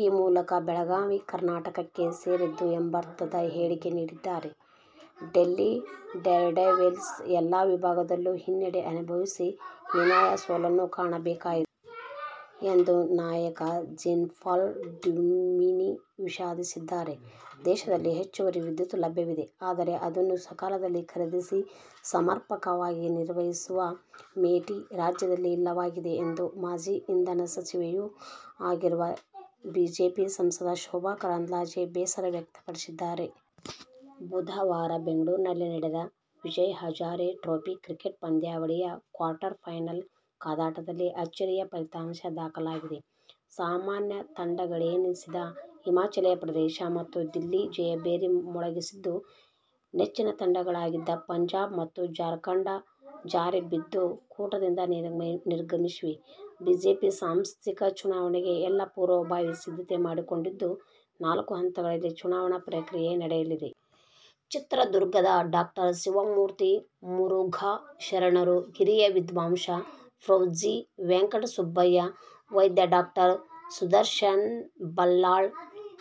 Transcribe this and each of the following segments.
ಈ ಮೂಲಕ ಬೆಳಗಾವಿ ಕರ್ನಾಟಕಕ್ಕೆ ಸೇರಿದ್ದು ಎಂಬರ್ಥದ ಹೇಳಿಕೆ ನೀಡಿದ್ದಾರೆ. ಡೆಲ್ಲಿ ಡೇರ್ಡೆವಿಲ್ಸ್ ಎಲ್ಲ ವಿಭಾಗದಲ್ಲೂ ಹಿನ್ನಡೆ ಅನುಭವಿಸಿ ಹೀನಾಯ ಸೋಲನ್ನು ಕಾಣಬೇಕಾಯಿತು ಎಂದು ನಾಯಕ ಜೀನ್ಪಾಲ್ ಡ್ಯುಮಿನಿ ವಿಷಾದಿಸಿದ್ದಾರೆ. ದೇಶದಲ್ಲಿ ಹೆಚ್ಚುವರಿ ವಿದ್ಯುತ್ ಲಭ್ಯವಿದೆ. ಆದರೆ ಅದನ್ನು ಸಕಾಲದಲ್ಲಿ ಖರೀದಿಸಿ, ಸಮ ರ್ಪಕವಾಗಿ ನಿರ್ವಹಿಸುವ "ಮೇಟಿ' ರಾಜ್ಯದಲ್ಲಿ ಇಲ್ಲವಾಗಿದೆ ಎಂದು ಮಾಜಿ ಇಂಧನ ಸಚಿವೆಯೂ ಆಗಿರುವ ಬಿಜೆಪಿ ಸಂಸದೆ ಶೋಭಾ ಕರಂದ್ಲಾಜೆ ಬೇಸರ ವ್ಯಕ್ತಪಡಿಸಿದ್ದಾರೆ. ಬುಧವಾರ ಬೆಂಗಳೂರಿನಲ್ಲಿ ನಡೆದ ವಿಜಯ್ ಹಜಾರೆ ಟ್ರೋಫಿ ಕ್ರಿಕೆಟ್ ಪಂದ್ಯಾವಳಿಯ ಕ್ವಾರ್ಟರ್ ಫೈನಲ್ ಕಾದಾಟದಲ್ಲಿ ಅಚ್ಚರಿಯ ಫಲಿತಾಂಶ ದಾಖಲಾಗಿದೆ. ಸಾಮಾನ್ಯ ತಂಡಗಳೆನಿಸಿದ ಹಿಮಾಚಲ ಪ್ರದೇಶ ಮತ್ತು ದಿಲ್ಲಿ ಜಯಭೇರಿ ಮೊಳಗಿಸಿದ್ದು, ನೆಚ್ಚಿನ ತಂಡಗಳಾಗಿದ್ದ ಪಂಜಾಬ್ ಮತ್ತು ಜಾರ್ಖಂಡ್ ಜಾರಿ ಬಿದ್ದು ಕೂಟದಿಂದ ನಿರ್ಗಮಿಸಿವೆ. ಬಿಜೆಪಿಯ ಸಾಂಸ್ಥಿಕ ಚುನಾವಣೆಗೆ ಎಲ್ಲ ಪೂರ್ವಭಾವಿ ಸಿದ್ಧತೆ ಮಾಡಿಕೊಂಡಿದ್ದು, ನಾಲ್ಕು ಹಂತಗಳಲ್ಲಿ ಚುನಾವಣಾ ಪ್ರಕ್ರಿಯೆ ನಡೆಯಲಿದೆ. ಚಿತ್ರದುರ್ಗದ ಡಾ ಶಿವಮೂರ್ತಿ ಮುರುಘಾ ಶರಣರು, ಹಿರಿಯ ವಿದ್ವಾಂಸ ಪ್ರೊ ಜಿ. ವೆಂಕಟಸುಬ್ಬಯ್ಯ, ವೈದ್ಯ, ಡಾ ಸುದರ್ಶನ್ಬಲ್ಲಾಳ್,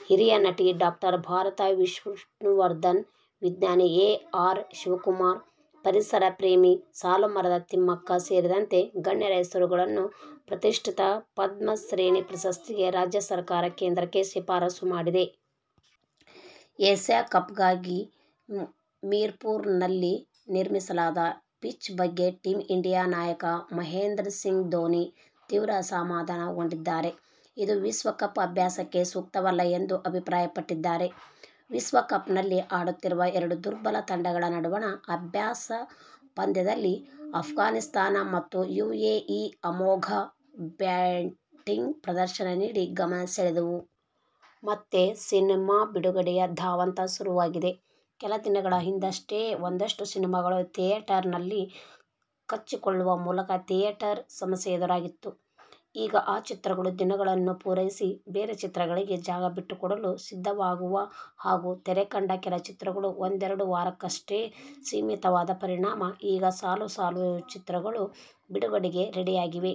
ಹಿರಿಯ ನಟಿ ಡಾ ಭಾರತಿ ವಿಷ್ಣುವರ್ಧನ್, ವಿಜ್ಞಾನಿ ಎ. ಆರ್. ಶಿವಕುಮಾರ್, ಪರಿಸರ ಪ್ರೇಮಿ ಸಾಲುಮರದ ತಿಮ್ಮಕ್ಕ ಸೇರಿದಂತೆ ಗಣ್ಯರ ಹೆಸರುಗಳನ್ನು ಪ್ರತಿಷ್ಠಿತ ಪದ್ಮ ಶ್ರೇಣಿ ಪ್ರಶಸ್ತಿಗೆ ರಾಜ್ಯ ಸರ್ಕಾರ ಕೇಂದ್ರಕ್ಕೆ ಶಿಫಾರಸು ಮಾಡಿದೆ. ಏಶ್ಯ ಕಪ್ಗಾಗಿ ಮೀರ್ಪುರ್ನಲ್ಲಿ ನಿರ್ಮಿಸಲಾದ ಪಿಚ್ ಬಗ್ಗೆ ಟೀಮ್ ಇಂಡಿಯಾ ನಾಯಕ ಮಹೇಂದ್ರ ಸಿಂಗ್ ಧೋನಿ ತೀವ್ರ ಅಸಮಾಧಾನಗೊಂಡಿದ್ದಾರೆ. ಇದು ವಿಶ್ವಕಪ್ ಅಭ್ಯಾಸಕ್ಕೆ ಸೂಕ್ತವಲ್ಲ ಎಂದು ಅಭಿಪ್ರಾಯಪಟ್ಟಿದ್ದಾರೆ. ವಿಶ್ವ ಕಪ್ನಲ್ಲಿ ಆಡುತ್ತಿರುವ ಎರಡು ದುರ್ಬಲ ತಂಡಗಳ ನಡುವಣ ಅಭ್ಯಾಸ ಪಂದ್ಯದಲ್ಲಿ ಅಫ್ಘಾನಿಸ್ಥಾನ ಮತ್ತು ಯುಎಇ ಅಮೋಘ ಬ್ಯಾಟಿಂಗ್ ಪ್ರದರ್ಶನ ನೀಡಿ ಗಮನ ಸೆಳೆದವು. ಮತ್ತೆ ಸಿನಿಮಾ ಬಿಡುಗಡೆಯ ಧಾವಂತ ಶುರುವಾಗಿದೆ. ಕೆಲ ದಿನಗಳ ಹಿಂದಷ್ಟೇ ಒಂದಷ್ಟು ಸಿನಿಮಾಗಳು ಥಿಯೇಟರ್ನಲ್ಲಿ ಕಚ್ಚಿಕೊಳ್ಳುವ ಮೂಲಕ ಥಿಯೇಟರ್ ಸಮಸ್ಯೆ ಎದುರಾಗಿತ್ತು. ಈಗ ಆ ಚಿತ್ರಗಳು ದಿನಗಳನ್ನು ಪೂರೈಸಿ, ಬೇರೆ ಚಿತ್ರಗಳಿಗೆ ಜಾಗ ಬಿಟ್ಟುಕೊಡಲು ಸಿದ್ಧವಾಗುವ ಹಾಗೂ ತೆರೆಕಂಡ ಕೆಲ ಚಿತ್ರಗಳು ಒಂದೆರಡು ವಾರಕ್ಕಷ್ಟೇ ಸೀಮಿತವಾದ ಪರಿಣಾಮ ಈಗ ಸಾಲು ಸಾಲು ಚಿತ್ರಗಳು ಬಿಡುಗಡೆಗೆ ರೆಡಿಯಾಗಿವೆ.